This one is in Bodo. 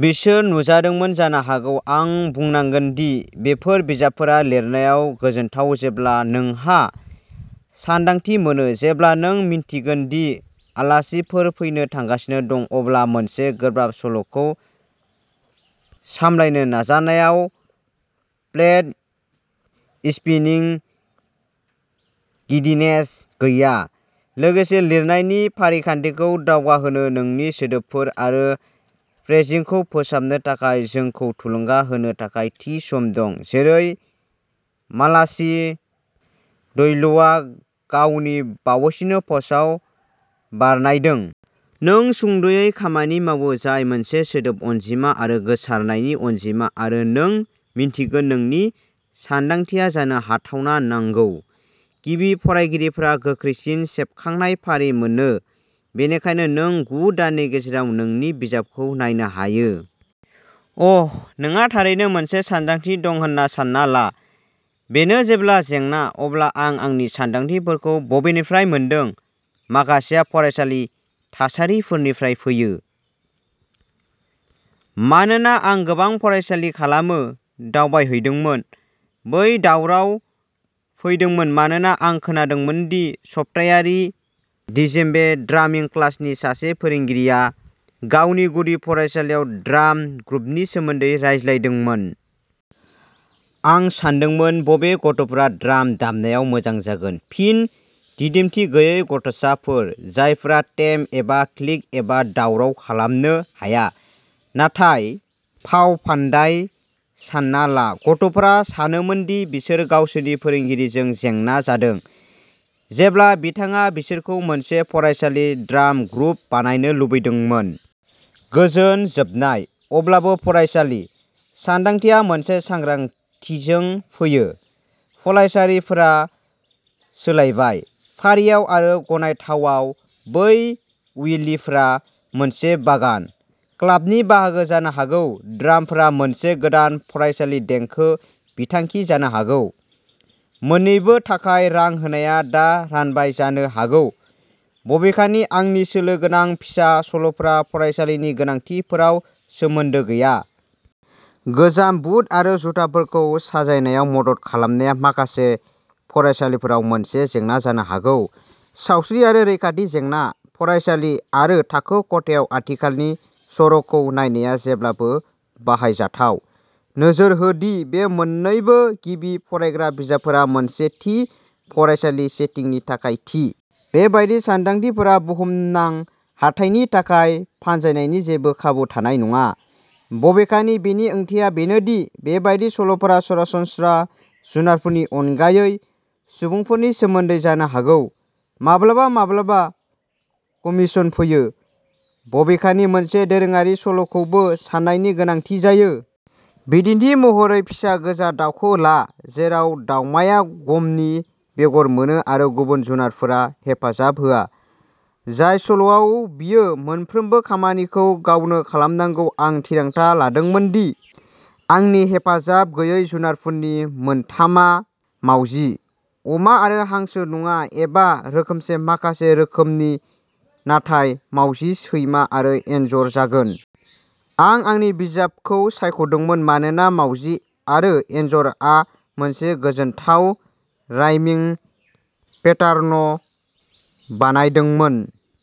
बिसोर नुजादोंमोन जानो हागौ। आं बुंनांगोन दि बेफोर बिजाबफोरा लिरनायाव गोजोनथाव जेब्ला नोंहा सानदांथि मोनो। जेब्ला नों मिन्थिगोन दि आलासिफोर फैनो थांगासिनो दं, अब्ला मोनसे गोब्राब सल'खौ सामलायनो नाजानायाव प्लेटस्पिनिं गिदिनेस गैया। लोगोसे, लिरनायनि फारिखान्थिखौ दावगाहोनो, नोंनि सोदोबफोर आरो फ्रेजिंखौ फोसाबनो थाखाय जोंखौ थुलुंगा होनो थाखाय थि सम दं, जेरै मालाचि डयल'आ गावनि बावैसोनि पस्टआव बारनायदों। नों सुंद'यै खामानि मावो जाय मोनसे सोदोब अनजिमा आरो गोसारनायनि अनजिमा आरो नों मिन्थिगोन नोंनि सानदांथिया जानो हाथावना नांगौ। गिबि फरायगिरिफोरा गोख्रैसिन सेबखांनाय फारि मोनो, बेनिखायनो नों गु दाननि गेजेराव नोंनि बिजाबखौ नायनो हायो। अ '! नोंहा थारैनो मोनसे सानदांथि दं होन्ना सान्ना ला? बेनो जेब्लाबो जेंना। अब्ला, आं आंनि सानदांथिफोरखौ बबेनिफ्राय मोनदों? माखासेया फरायसालिनि थासारिफोरनिफ्राय फैयो, मानोना आं गोबां फरायसालि खालामो। दावबायहैदोंमोन। बै दावराव! फैदोंमोन मानोना आं खोनादोंमोन दि सप्तायारि डीजेम्बे ड्रामिं क्लासनि सासे फोरोंगिरिआ गावनि गुदि फरायसालियाव ड्राम ग्रुपनि सोमोन्दै रायज्लायदोंमोन। आं सानदोंमोन, बबे गथ'फोरा ड्राम दामनायाव मोजां जागोन? फिनः दिदोमथि गैयै गथ'साफोर, जायफोरा टेप एबा क्लिक एबा दावराव खालामनो हाया। नाथाय फावफान्दाय? सानना ला गथ'फोरा सानोमोन दि बिसोर गावसोरनि फोरोंगिरिजों जेंना जादों जेब्ला बिथाङा बिसोरखौ मोनसे फरायसालि ड्राम ग्रुप बानायनो लुबैदोंमोन? गोजोन जोबनाय! अब्लाबो, "फरायसालि सानदांथिया" मोनसे सांग्रांथिजों फैयो। फलायसालिफोरा सोलायबाय, फारियाव आरो गनायथावआव। बै वेलिफोरा मोनसे बागान क्लाबनि बाहागो जानो हागौ। ड्रामफोरा मोनसे गोदान फरायसालि देंखो बिथांखि जानो हागौ। मोन्नैनिबो थाखाय रां होनाया दा रानबाय जानो हागौ, बेनिखायनो आंनि सोलो गोनां फिसा सल'फोरा फरायसालिनि गोनांथिफोराव सोमोन्दो गैया। गोजाम बुट आरो जुथाफोरखौ साजायनायाव मदद खालामनाया माखासे फरायसालिफोराव मोनसे जेंना जानो हागौ। सावस्रि आरो रैखाथि जेंना। फरायसालि आरो थाखो खथायाव आथिखालनि सर'खौ नायनाया जेब्लाबो बाहायजाथाव। नोजोर हो दि बे मोन्नैबो गिबि फरायग्रा बिजाबफोरा मोनसे थि फरायसालि सेटिंनि थाखाय थि। बेबादि सानदांथिफोरा बुहुमनां हाथाइनि थाखाय फानजानायनि जेबो खाबु थानाय नङा। बबेखानि, बेनि ओंथिया बेनो दि बेबादि सल'फोरा सरासनस्रा जुनारफोरनि अनगायै सुबुंफोरनि सोमोन्दै जानो हागौ। माब्लाबा माब्लाबा कमीशन फैयो। बबेखानि, मोनसे दोरोङारि सल'खौबो साननायनि गोनांथि जायो। बिदिन्थि महरै, फिसा गोजा दावखौ ला, जेराव दावमाया गमनि बेगर मोनो आरो गुबुन जुनारफोरा हेफाजाब होआ। जाय सल'आव बियो मोनफ्रोमबो खामानिखौ गावनो खालामनांगौ? आं थिरांथा लादोंमोन दि आंनि हेफाजाब गैयै जुनारफोरनि मोनथामआ मावजि, अमा आरो हांसो नङा एबा रोखोमसे माखासे रोखोमफोरनि नाथाय "मावजि, सैमा आरो एनजर" जागोन। आं आंनि जिबफोरखौ सायख'दोंमोन मानोना "मावजि" आरो "एनजर" आ मोनसे गोजोनथाव रायमिं पेटार्न' बानायदोंमोन।